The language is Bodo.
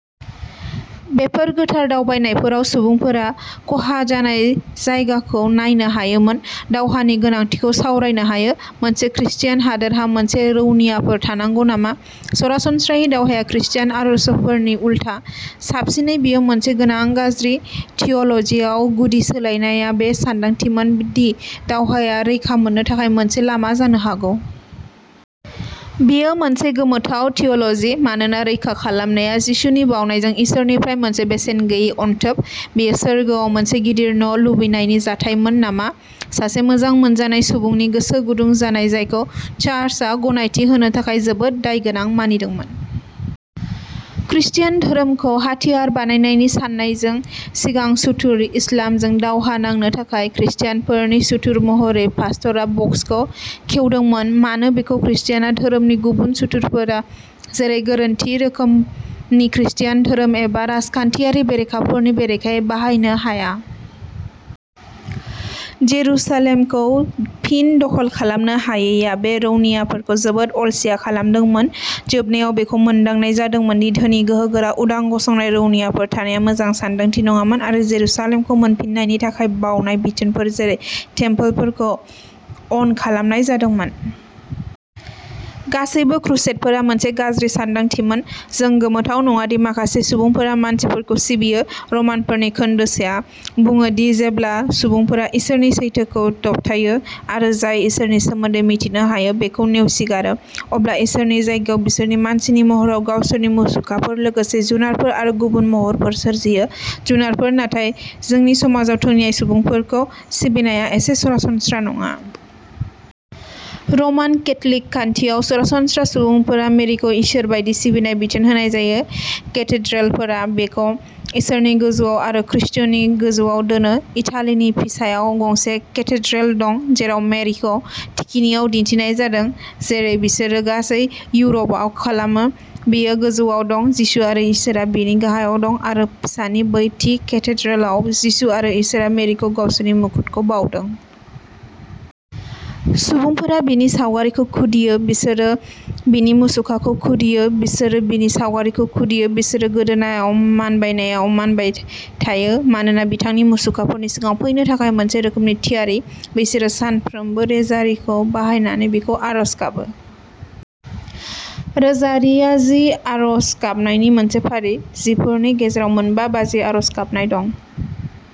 बेफोर गोथार दावबायनायफोराव सुबुंफोरा खहा जानाय जायगाखौ नायनो हायोमोन। दावहानि गोनांथिखौ सावरायनो हायो, मोनसे क्रिस्तियान हादोरहा मोनसे रौनियाफोर थानांगौ नामा? सरासनस्रायै दावहाया क्रिस्तियान आदर्शफोरनि उल्था, साबसिनै बेयो मोनसे गोनां गाज्रि। थिय'ल'जियाव गुदि सोलायनायआ बे सानदांथिमोन दि दावहाया रैखा मोननो थाखाय मोनसे लामा जानो हागौ। बेयो मोनसे गोमोथाव थिय'ल'जि, मानोना रैखा खालामनाया जिसुनि बावनायजों इसोरनिफ्राय मोनसे बेसेन गैयै अनथोब। बेयो सोरगोआव मोनसे गिदिर न' लुबैनायनि जाथायमोन नामा? सासे मोजां मोनजानाय सुबुंनि गोसो गुदुं जानाय जायखौ चार्चआ गनायथि होनो थाखाय जोबोद दायगोनां मानिदोंमोन। खृस्टान धोरोमखौ हाथियार बानायनायनि साननायजों सिगां "सुथुर" इस्लामजों दावहा नांनो थाखाय खृस्टानफोरनि सुथुर महरै पास्तरा बक्सखौ खेवदोंमोन मानो बेखौ क्रिस्तियान धोरोमनि गुबुन सुथुरफोर जेरै गोरोन्थि रोखोमनि क्रिस्तियान धोरोम एबा राजखान्थियारि बेरेखाफोरनि बेरेखायै बाहायनो हाया? जेरुसालेमखौ फिन दखल खालामनो हायैआ बे रौनियाफोरखौ जोबोद अलसिया खालामदोंमोन। जोबनायाव बेखौ मोनदांनाय जादोंमोन दि धोनि, गोहोगोरा, उदां गसंनाय रौनियाफोर थानायआ मोजां सानदांथि नङामोन आरो जेरुसालेमखौ मोनफिन्नायनि थाखाय बावनाय बिथोनफोर जेरै टेम्पलारफोरखौ अन खालामनाय जादोंमोन। गासैबो क्रुसेडफोरा मोनसे गाज्रि सानदांथिमोन। जों गोमोथाव नङा दि माखासे सुबुंफोरा मानसिफोरखौ सिबियो। रमानफोरनि खोन्दो सेआ बुङो दि जेब्ला सुबुंफोरा इसोरनि सैथोखौ दबथायो आरो जाय इसोरनि सोमोन्दै मिथिनो हायो बेखौ नेवसिगारो, अब्ला इसोरनि जायगायाव बिसोरो मानसिनि महराव गावसोरनि मुसुखाफोर लोगोसे जुनारफोर आरो गुबुन महरफोर सोरजियो जुनारफोर नाथाय जोंनि समाजाव थैनाय सुबुंफोरखौ सिबिनायआ एसे सरासनस्रा नङा। रमान केथ'लिक खान्थियाव सरासनस्रा सुबुंफोरा मेरिखौ इसोर बायदि सिबिनाय बिथोन होनाय जायो। केथेड्रेलफोरा बिखौ इसोरनि गोजौआव आरो खृष्टनि गोजौआव दोनो। इटालीनि पिसायाव गंसे केथेड्रेल दं, जेराव मेरिखौ थिखिनियाव दिन्थिनाय जादों, जेरै बिसोरो गासै इउर'पआव खालामो, बियो गोजौआव दं, जिसु आरो इसोरआ बिनि गाहायाव दं आरो पिसानि बै थि केथेड्रेलाव, जिसु आरो इसोरआ मेरिखौ गावसोरनि मुकुटखौ बाउदों। सुबुंफोरा बिनि सावगारिखौ खुदियो। बिसोरो बिनि मुसुखाखौ खुदियो। बिसोरो बिनि सावगारिखौ खुदियो। बिसोरो गोदोनाआव मानबायनायाव मानबाय थायो, मानोना बिथांनि मुसुखाफोरनि सिगाङाव फैनो थाखाय मोनसे रोखोमनि थियारि। बिसोरो सानफ्रोमबो रोजारिखौ बाहायनानै बिखौ आरज गाबो। रोजारिआ जि आरज गाबनायनि मोनसे फारि, जिफोरनि गेजेराव मोनबा बाजि आरज गाबनाय दं।